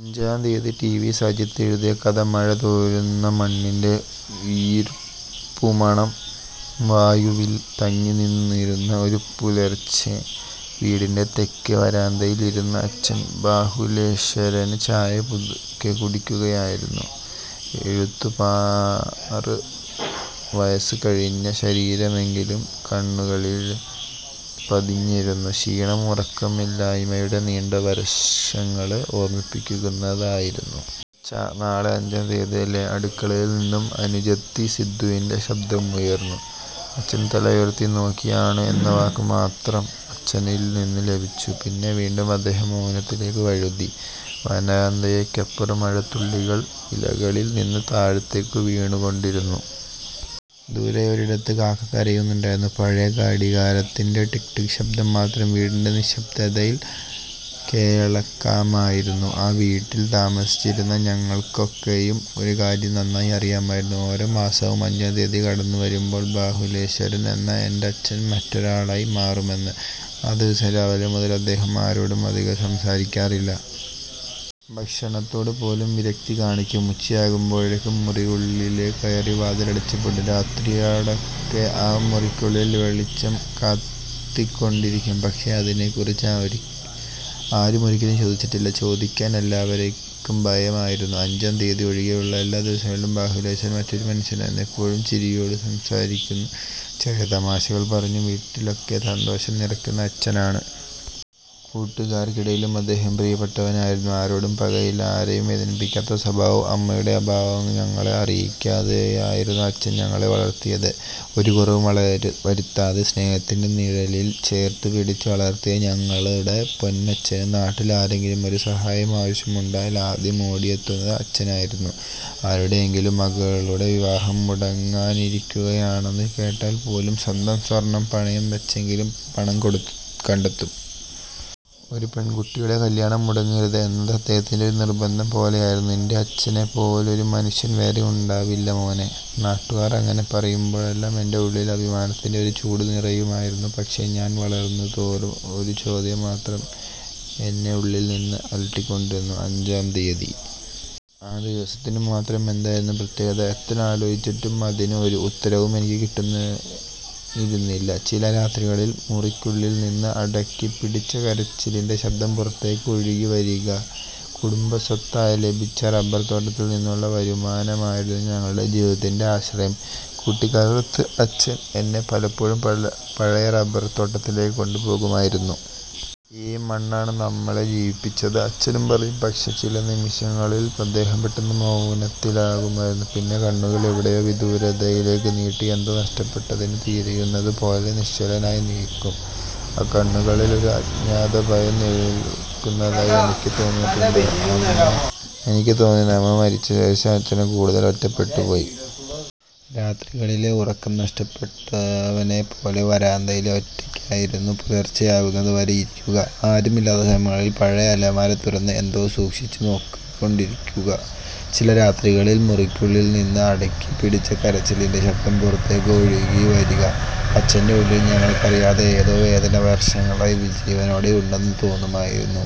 അഞ്ചാം തീയതി ടിവി സജിത് എഴുതിയ കഥ മഴ തോര്ന്ന മണ്ണിന്റെ ഈര്പ്പുമണം വായുവില് തങ്ങിനിന്നിരുന്ന ഒരു പുലര്ച്ചെ. വീടിന്റെ തെക്കേ വരാന്തയില് ഇരുന്ന് അച്ഛന്, ബാഹുലേശ്വരന് ചായ പതുക്കെ കുടിക്കുകയായിരുന്നു. എഴുപത്താറ് വയസ്സ് കഴിഞ്ഞ ശരീരമെങ്കിലും, കണ്ണുകളില് പതിഞ്ഞിരുന്ന ക്ഷീണം ഉറക്കമില്ലായ്മയുടെ നീണ്ട വര്ഷങ്ങളെ ഓര്മ്മിപ്പിക്കുന്നതായിരുന്നു. ''അച്ഛാ... നാളെ അഞ്ചാം തീയതിയല്ലേ? '' അടുക്കളയില് നിന്നും അനുജത്തി സിന്ധുവിന്റെ ശബ്ദം ഉയര്ന്നു. അച്ഛന് തല ഉയര്ത്തി നോക്കി. ''ആണ്... ' എന്ന വാക്ക് മാത്രം അച്ഛനില് നിന്നും ലഭിച്ചു. പിന്നെ വീണ്ടും അദ്ദേഹം മൗനത്തിലേക്ക് വഴുതി. വരാന്തയ്ക്കപ്പുറം മഴത്തുള്ളികള് ഇലകളില് നിന്ന് താഴേക്ക് വീണുകൊണ്ടിരുന്നു. ദൂരെയൊരിടത്ത് കാക്ക കരയുന്നുണ്ടായിരുന്നു. പഴയ ഘടികാരത്തിന്റെ ടിക്... ടിക്... ശബ്ദം മാത്രം വീടിന്റെ നിശബ്ദതയില് കേള്ക്കാമായിരുന്നു. ആ വീട്ടില് താമസിച്ചിരുന്ന ഞങ്ങള്ക്കൊക്കെയും ഒരു കാര്യം നന്നായി അറിയാമായിരുന്നു ഓരോ മാസവും അഞ്ചാം തീയതി കടന്നുവരുമ്പോള് ബാഹുലേശ്വരന് എന്ന എന്റച്ഛന് മറ്റൊരാളായി മാറുമെന്ന്. ആ ദിവസം രാവിലെ മുതല് അദ്ദേഹം ആരോടും അധികം സംസാരിക്കാറില്ല. ഭക്ഷണത്തോട് പോലും വിരക്തി കാണിക്കും. ഉച്ചയാകുമ്പോഴേക്കും മുറിക്കുള്ളില് കയറി വാതില് അടച്ചുപൂട്ടും. രാത്രിയൊട്ടാകെ ആ മുറിക്കുള്ളില് വെളിച്ചം കത്തിക്കൊണ്ടിരിക്കും. പക്ഷേ, അതിനെക്കുറിച്ച് ആരും ഒരിക്കലും ചോദിച്ചിട്ടില്ല. ചോദിക്കാന് എല്ലാവര്ക്കും ഭയമായിരുന്നു. അഞ്ചാം തീയതി ഒഴികെയുള്ള എല്ലാ ദിവസങ്ങളിലും ബാഹുലേശ്വരന് മറ്റൊരു മനുഷ്യനായിരുന്നു. എപ്പോഴും ചിരിയോടെ സംസാരിക്കുന്ന, ചെറിയ തമാശകള് പറഞ്ഞ് വീട്ടിലാകെ സന്തോഷം നിറയ്ക്കുന്ന അച്ഛന് ആണ്. കൂട്ടുകാര്ക്കിടയിലും അദ്ദേഹം പ്രിയപ്പെട്ടവനായിരുന്നു. ആരോടും പകയില്ല, ആരെയും വേദനിപ്പിക്കാത്ത സ്വഭാവം. അമ്മയുടെ അഭാവം ഞങ്ങളെ അറിയിക്കാതെയായിരുന്നു അച്ഛന് ഞങ്ങളെ വളര്ത്തിയത്. ഒരു കുറവും വരുത്താതെ, സ്നേഹത്തിന്റെ നിഴലില് ചേര്ത്തുപിടിച്ച് വളര്ത്തിയ ഞങ്ങളുടെ പൊന്നച്ഛന്. നാട്ടില് ആര്ക്കെങ്കിലും ഒരു സഹായം ആവശ്യമുണ്ടായാല് ആദ്യം ഓടിയെത്തുന്നത് അച്ഛനായിരുന്നു. ആരുടെയെങ്കിലും മകളുടെ വിവാഹം മുടങ്ങാനിരിക്കുകയാണെന്ന് കേട്ടാല് പോലും, സ്വന്തം സ്വര്ണം പണയം വെച്ചെങ്കിലും പണം കണ്ടെത്തും. ''ഒരു പെണ്കുട്ടിയുടെ കല്യാണം മുടങ്ങരുത്... ' എന്നത് അദ്ദേഹത്തിന് ഒരു നിര്ബന്ധം പോലെയായിരുന്നു. ''നിന്റെ അച്ഛനെ പോലൊരു മനുഷ്യന് വേറെ ഉണ്ടാവില്ല മോനേ... ' നാട്ടുകാര് അങ്ങനെ പറയുമ്പോഴെല്ലാം എന്റെ ഉള്ളില് അഭിമാനത്തിന്റെ ഒരു ചൂട് നിറയുമായിരുന്നു. പക്ഷേ, ഞാന് വളരുന്നതോറും ഒരു ചോദ്യമാത്രം എന്നെ ഉള്ളില്നിന്ന് അലട്ടിക്കൊണ്ടിരുന്നു, അഞ്ചാം തീയതി. ആ ദിവസത്തിന് മാത്രം എന്തായിരുന്നു പ്രത്യേകത? എത്ര ആലോചിച്ചിട്ടും അതിന് ഒരു ഉത്തരം എനിക്ക് കിട്ടിയിരുന്നില്ല. ചില രാത്രികളില് മുറിക്കുള്ളില് നിന്ന് അടക്കിപ്പിടിച്ച കരച്ചിലിന്റെ ശബ്ദം പുറത്തേക്ക് ഒഴുകിവരിക... കുടുംബസ്വത്തായി ലഭിച്ച റബ്ബര്തോട്ടത്തില് നിന്നുള്ള വരുമാനമായിരുന്നു ഞങ്ങളുടെ ജീവിതത്തിന്റെ ആശ്രയം. കുട്ടിക്കാലത്ത് അച്ഛന് എന്നെ പലപ്പോഴും പഴയ റബ്ബര്തോട്ടത്തിലേക്ക് കൊണ്ടുപോകുമായിരുന്നു. ''ഈ മണ്ണാണ് നമ്മളെ ജീവിപ്പിച്ചത്... ' അച്ഛന് പറയും. പക്ഷേ ചില നിമിഷങ്ങളില് അദ്ദേഹം പെട്ടെന്ന് മൗനത്തിലാകുമായിരുന്നു. പിന്നെ കണ്ണുകള് എവിടെയോ വിദൂരതയിലേക്ക് നീട്ടി, എന്തോ നഷ്ടപ്പെട്ടതിനെ തിരയുന്നതുപോലെ നിശ്ചലനായി നില്ക്കും. ആ കണ്ണുകളില് ഒരു അജ്ഞാതഭയം നിഴലിക്കുന്നതായി എനിക്ക് തോന്നിയിട്ടുണ്ട്. അമ്മ മരിച്ചശേഷം അച്ഛന് കൂടുതല് ഒറ്റപ്പെട്ടുപോയി. രാത്രികളില് ഉറക്കം നഷ്ടപ്പെട്ടവനെപ്പോലെ വരാന്തയില് ഒറ്റയ്ക്കിരുന്നു പുലര്ച്ചെയാകുന്നത് വരെ ഇരിക്കുക... ആരുമില്ലാത്ത സമയങ്ങളില് പഴയ അലമാര തുറന്ന് എന്തോ സൂക്ഷിച്ചു നോക്കിക്കൊണ്ടിരിക്കുക... ചില രാത്രികളില് മുറിക്കുള്ളില് നിന്ന് അടക്കിപ്പിടിച്ച കരച്ചിലിന്റെ ശബ്ദം പുറത്തേക്ക് ഒഴുകിവരിക... അച്ഛന്റെ ഉള്ളില് ഞങ്ങള്ക്കറിയാത്ത ഏതോ വേദന വര്ഷങ്ങളായി ജീവനോടെ ഉണ്ടെന്ന് തോന്നുമായിരുന്നു.